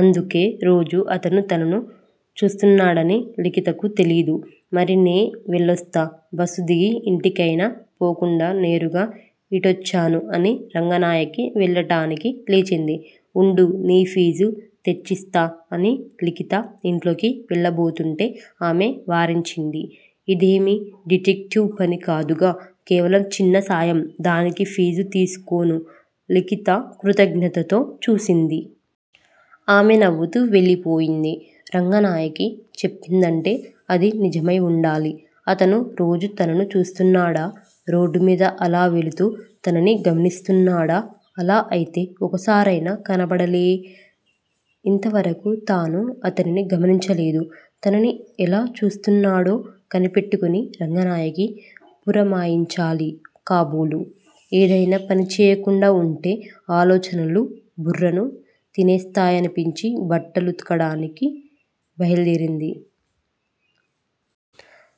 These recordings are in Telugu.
అందుకే రోజూ అతను తనను చూస్తున్నాడని లిఖితకు తెలీదు. మరి నే వెళ్ళొస్తా బస్సు దిగి ఇంటికైనా పోకుండా నేరుగా ఇటొచ్చాను అని రంగనాయకి వెళ్ళడానికి లేచింది. వుండు- నీ ఫీజు తెచ్చిస్తా అని లిఖిత ఇంట్లోకి వెళ్ళబోతుంటే ఆమె వారించింది. ఇదేమి డిటెక్టివ్ పని కాదుగా కేవలం చిన్న సాయం దానికి ఫీజు తీసుకోను లిఖిత కృతజ్ఞతతో చూసింది. ఆమె నవ్వుతూ వెళ్ళిపోయింది. రంగనాయకి చెప్పిందంటే అది నిజమై వుండాలి. అతను రోజూ తనను చూస్తున్నాడా? రోడ్డుమీద అలా వెళుతూ తనని గమనిస్తున్నాడా? అలా అయితే ఒకసారైనా కనబడాలే. ఇంతవరకు తాను అతనిని గమనించలేదు. తనని ఎలా చూస్తున్నాడో కనిపెట్టుకుని రంగనాయకి పురమాయించాలి కాబోలు. ఏదయినా పనిచేయకుండా వుంటే ఆలోచనలు బుర్రను తినేస్తాయనిపించి బట్టలుతకడానికి బయల్దేరింది.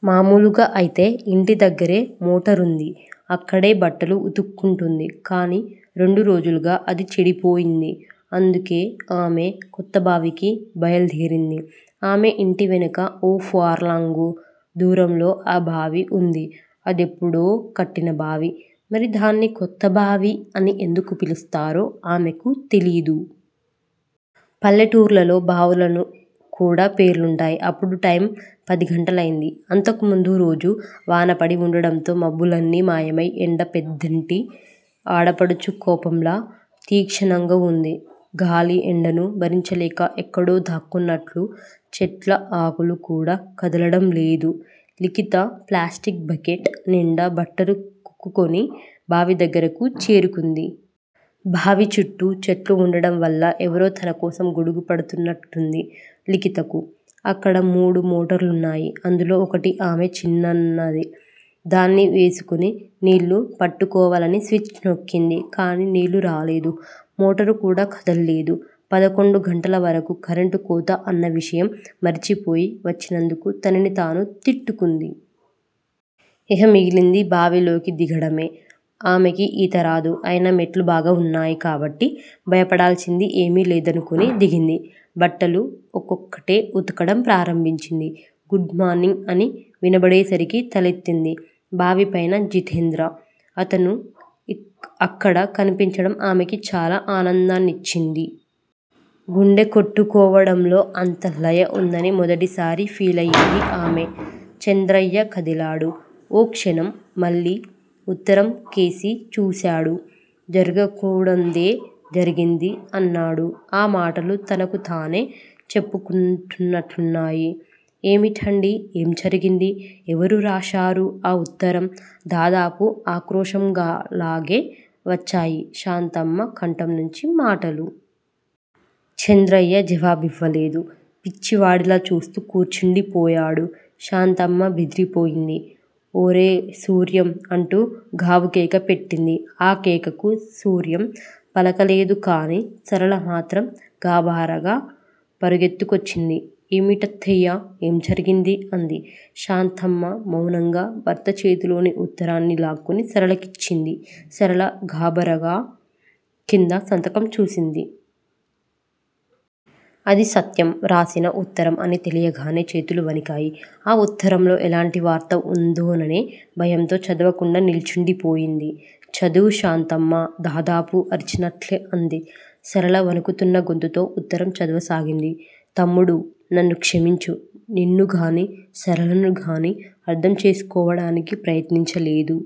మామూలుగా అయితే ఇంటి దగ్గరే మోటరుంది. అక్కడే బట్టలు వుతుక్కుంటుంది. కానీ రెండు రోజులుగా అది చెడిపోయింది. అందుకే ఆమె కొత్తబావికి బయల్దేరింది. ఆమె ఇంటివెనక ఓ ఫర్లాంగు దూరంలో ఆ బావి వుంది. అదెప్పుడో కట్టిన బావి. మరి దాన్ని 'కొత్త బావి' అని ఎందుకు పిలుస్తారో ఆమెకు తెలీదు. పల్లెటూర్లలో బావులకు కూడా పేర్లుంటాయి. అప్పుడు టైమ్ పదిగంటలైంది. అంతకుముందు రోజు వానపడి వుండడంతో మబ్బులన్నీ మాయమై ఎండ పెద్దింటి ఆడపడుచు కోపంలా తీక్షణంగా వుంది. గాలి ఎండను భరించలేక ఎక్కడో దాక్కున్నట్టు చెట్ల ఆకులు కూడా కదలడం లేదు. లిఖిత ప్లాస్టిక్ బకెట్ నిండా బట్టలు కుక్కుకుని బావి దగ్గరికి చేరుకుంది. బావి చుట్టూ చెట్లు వుండడం వల్ల ఎవరో తనకోసం గొడుగు పడుతున్నట్టుంది లిఖితకు. అక్కడ మూడు మోటార్లున్నాయి. అందులో ఒకటి ఆమె చిన్నాన్నది. దాన్ని వేసుకుని నీళ్ళు పట్టుకోవాలని స్విచ్ నొక్కింది కానీ నీళ్ళు రాలేదు. మోటారు కూడా కదల్లేదు. పదకొండు గంటల వరకు కరెంటు కోత అన్న విషయం మరిచిపోయి వచ్చినందుకు తనని తాను తిట్టుకుంది. ఇహ మిగిలింది బావిలోకి దిగడమే. ఆమెకి ఈతరాదు. అయినా మెట్లు బాగా వున్నాయి కాబట్టి భయపడాల్సింది ఏమీ లేదనుకుని దిగింది. బట్టలు ఒక్కొక్కటే వుతకడం ప్రారంభించింది. గుడ్ మార్నింగ్ అని వినబడేసరికి తలెత్తింది. బావి పైన జితేంద్ర. అతను అక్కడ కనిపించడం ఆమెకి చాలా ఆనందాన్నిచ్చింది. గుండె కొట్టుకోవడంలో అంత లయ ఉందని మొదటిసారి ఫీలయ్యింది ఆమె. చంద్రయ్య కదిలాడు. ఓ క్షణం మళ్ళీ ఉత్తరంకేసి చూశాడు. జరగకూడందే జరిగింది! అన్నాడు. ఆ మాటలు తనకుతానే చెప్పుకుంటున్నట్లున్నాయి. ఏమిటండీ! ఏం జరిగింది? ఎవరు రాశారు ఆ ఉత్తరం? దాదాపు ఆక్రోశంలాగే వచ్చాయి శాంతమ్మ కంఠంనుంచి మాటలు. చంద్రయ్య జవాబివ్వలేదు. పిచ్చివాడిలా చూస్తూ కూర్చుండిపోయాడు. శాంతమ్మ బెదిరిపోయింది. ఒరే సూర్యం! అంటూ గావుకేక పెట్టింది. ఆ కేకకు సూర్యం పలకలేదుకాని సరళమాత్రం గాబరాగా పరుగెత్తుకొచ్చింది. ఏమిటత్తయ్యా, ఏం జరిగింది? అంది. శాంతమ్మ మౌనంగా భర్త చేతిలోని ఉత్తరాన్ని లాక్కొని సరళ కిచ్చింది. సరళ గాబరాగా కింద సంతకం చూసింది. అది సత్యం రాసిన ఉత్తరం అని తెలియగానే చేతులు వణికాయి. ఆ ఉత్తరంలో ఎలాంటి వార్త ఉందోననే భయంతో చదవకుండా నిల్చుండిపోయింది. చదువు! శాంతమ్మ దాదాపు అరిచినట్లే అంది. సరళ వణుకుతున్న గొంతుతో ఉత్తరం చదవసాగింది: తమ్ముడూ! నన్ను క్షమించు. నిన్నుగానీ, సరళనుగానీ అర్ధం చేసుకోవటానికి ప్రయత్నించలేదు.